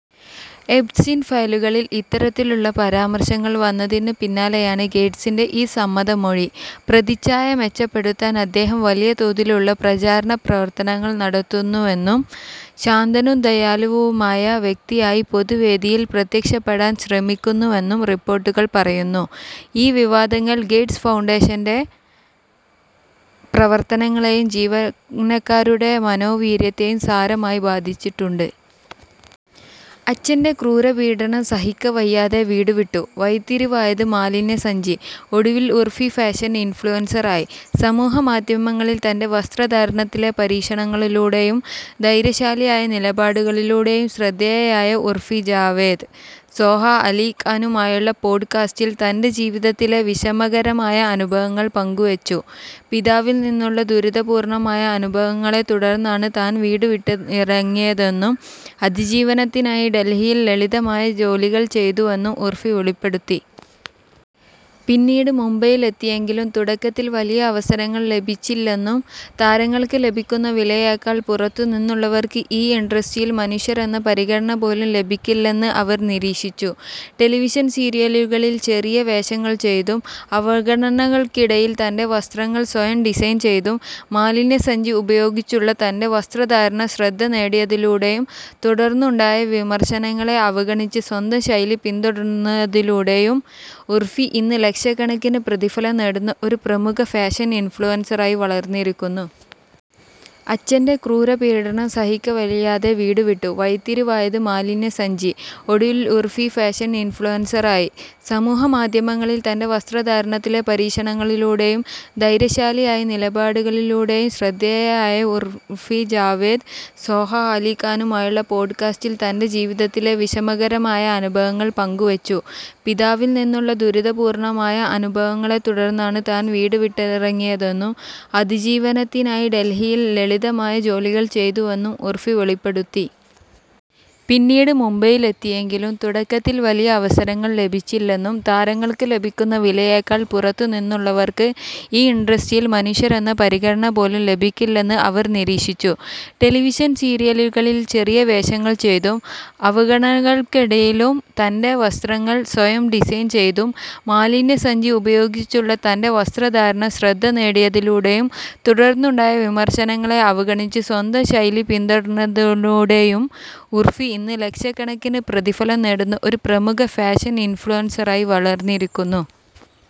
Epstein ഫയലുകളിൽ ഇത്തരത്തിലുള്ള പരാമർശങ്ങൾ വന്നതിന് പിന്നാലെയാണ് ഗേറ്റ്സിന്റെ ഈ സമ്മതമൊഴി. പ്രതിച്ഛായ മെച്ചപ്പെടുത്താൻ അദ്ദേഹം വലിയ തോതിലുള്ള പ്രചാരണ പ്രവർത്തനങ്ങൾ നടത്തുന്നുവെന്നും, ശാന്തനും ദയാലുവുമായ വ്യക്തിയായി പൊതുവേദിയിൽ പ്രത്യക്ഷപ്പെടാൻ ശ്രമിക്കുന്നുവെന്നും റിപ്പോർട്ടുകൾ പറയുന്നു. ഈ വിവാദങ്ങൾ ഗേറ്റ്സ് ഫൗണ്ടേഷന്റെ പ്രവർത്തനങ്ങളെയും ജീവനക്കാരുടെ മനോവീര്യത്തെയും സാരമായി ബാധിച്ചിട്ടുണ്ട്. അച്ഛന്റെ ക്രൂരപീഡനം സഹിക്കവയ്യാതെ വീടുവിട്ടു, വഴിത്തിരിവായത് 'മാലിന്യസഞ്ചി': ഒടുവിൽ ഉർഫി ഫാഷൻ ഇൻഫ്ലുവൻസറായി। സമൂഹമാധ്യമങ്ങളിൽ തൻ്റെ വസ്ത്രധാരണത്തിലെ പരീക്ഷണങ്ങളിലൂടെയും ധൈര്യശാലിയായ നിലപാടുകളിലൂടെയും ശ്രദ്ധേയയായ ഉർഫി ജാവേദ്, സോഹ അലി ഖാനുമായുള്ള പോഡ്കാസ്റ്റിൽ തൻ്റെ ജീവിതത്തിലെ വിഷമകരമായ അനുഭവങ്ങൾ പങ്കുവെച്ചു. പിതാവിൽ നിന്നുള്ള ദുരിതപൂർണ്ണമായ അനുഭവങ്ങളെത്തുടർന്നാണ് താൻ വീടുവിട്ടിറങ്ങിയതെന്നും, അതിജീവനത്തിനായി ഡൽഹിയിൽ ലളിതമായ ജോലികൾ ചെയ്തെന്നും ഉർഫി വെളിപ്പെടുത്തി. പിന്നീട് മുംബൈയിലെത്തിയെങ്കിലും തുടക്കത്തിൽ വലിയ അവസരങ്ങൾ ലഭിച്ചില്ലെന്നും, താരങ്ങൾക്ക് ലഭിക്കുന്ന വിലയേക്കാൾ പുറത്തുനിന്നുള്ളവർക്ക് ഈ ഇൻഡസ്ട്രിയിൽ മനുഷ്യരെന്ന പരിഗണന പോലും ലഭിക്കില്ലെന്ന് അവർ നിരീക്ഷിച്ചു. ടെലിവിഷൻ സീരിയലുകളിൽ ചെറിയ വേഷങ്ങൾ ചെയ്തും, അവഗണനകൾക്കിടയിലും തൻ്റെ വസ്ത്രങ്ങൾ സ്വയം ഡിസൈൻ ചെയ്തും, മാലിന്യസഞ്ചി ഉപയോഗിച്ചുള്ള തൻ്റെ വസ്ത്രധാരണം ശ്രദ്ധ നേടിയതിലൂടെയും, തുടർന്നുണ്ടായ വിമർശനങ്ങളെ അവഗണിച്ച് സ്വന്തം ശൈലി പിന്തുടർന്നതിലൂടെയും ഉർഫി ഇന്ന് ലക്ഷക്കണക്കിന് പ്രതിഫലം നേടുന്ന ഒരു പ്രമുഖ ഫാഷൻ ഇൻഫ്ലുവൻസറായി വളർന്നിരിക്കുന്നു. അച്ഛന്റെ ക്രൂരപീഡനം സഹിക്കവയ്യാതെ വീടുവിട്ടു, വഴിത്തിരിവായത് 'മാലിന്യസഞ്ചി': ഒടുവിൽ ഉർഫി ഫാഷൻ ഇൻഫ്ലുവൻസറായി സമൂഹമാധ്യമങ്ങളിൽ തൻ്റെ വസ്ത്രധാരണത്തിലെ പരീക്ഷണങ്ങളിലൂടെയും ധൈര്യശാലിയായ നിലപാടുകളിലൂടെയും ശ്രദ്ധേയയായ ഉർഫി ജാവേദ്, സോഹ അലി ഖാനുമായുള്ള പോഡ്കാസ്റ്റിൽ തൻ്റെ ജീവിതത്തിലെ വിഷമകരമായ അനുഭവങ്ങൾ പങ്കുവെച്ചു. പിതാവിൽ നിന്നുള്ള ദുരിതപൂർണ്ണമായ അനുഭവങ്ങളെത്തുടർന്നാണ് താൻ വീടുവിട്ടിറങ്ങിയതെന്നും, അതിജീവനത്തിനായി ഡൽഹിയിൽ ലളിതമായ ജോലികൾ ചെയ്തെന്നും ഉർഫി വെളിപ്പെടുത്തി. പിന്നീട് മുംബൈയിലെത്തിയെങ്കിലും തുടക്കത്തിൽ വലിയ അവസരങ്ങൾ ലഭിച്ചില്ലെന്നും, താരങ്ങൾക്ക് ലഭിക്കുന്ന വിലയേക്കാൾ പുറത്തുനിന്നുള്ളവർക്ക് ഈ ഇൻഡസ്ട്രിയിൽ മനുഷ്യരെന്ന പരിഗണന പോലും ലഭിക്കില്ലെന്ന് അവർ നിരീക്ഷിച്ചു. ടെലിവിഷൻ സീരിയലുകളിൽ ചെറിയ വേഷങ്ങൾ ചെയ്തും, അവഗണനകൾക്കിടയിലും തൻ്റെ വസ്ത്രങ്ങൾ സ്വയം ഡിസൈൻ ചെയ്തും, മാലിന്യസഞ്ചി ഉപയോഗിച്ചുള്ള തൻ്റെ വസ്ത്രധാരണം ശ്രദ്ധ നേടിയതിലൂടെയും, തുടർന്നുണ്ടായ വിമർശനങ്ങളെ അവഗണിച്ച് സ്വന്തം ശൈലി പിന്തുടർന്നതിലൂടെയും ഉർഫി ഇന്ന് ലക്ഷക്കണക്കിന് പ്രതിഫലം നേടുന്ന ഒരു പ്രമുഖ ഫാഷൻ ഇൻഫ്ലുവൻസറായി വളർന്നിരിക്കുന്നു.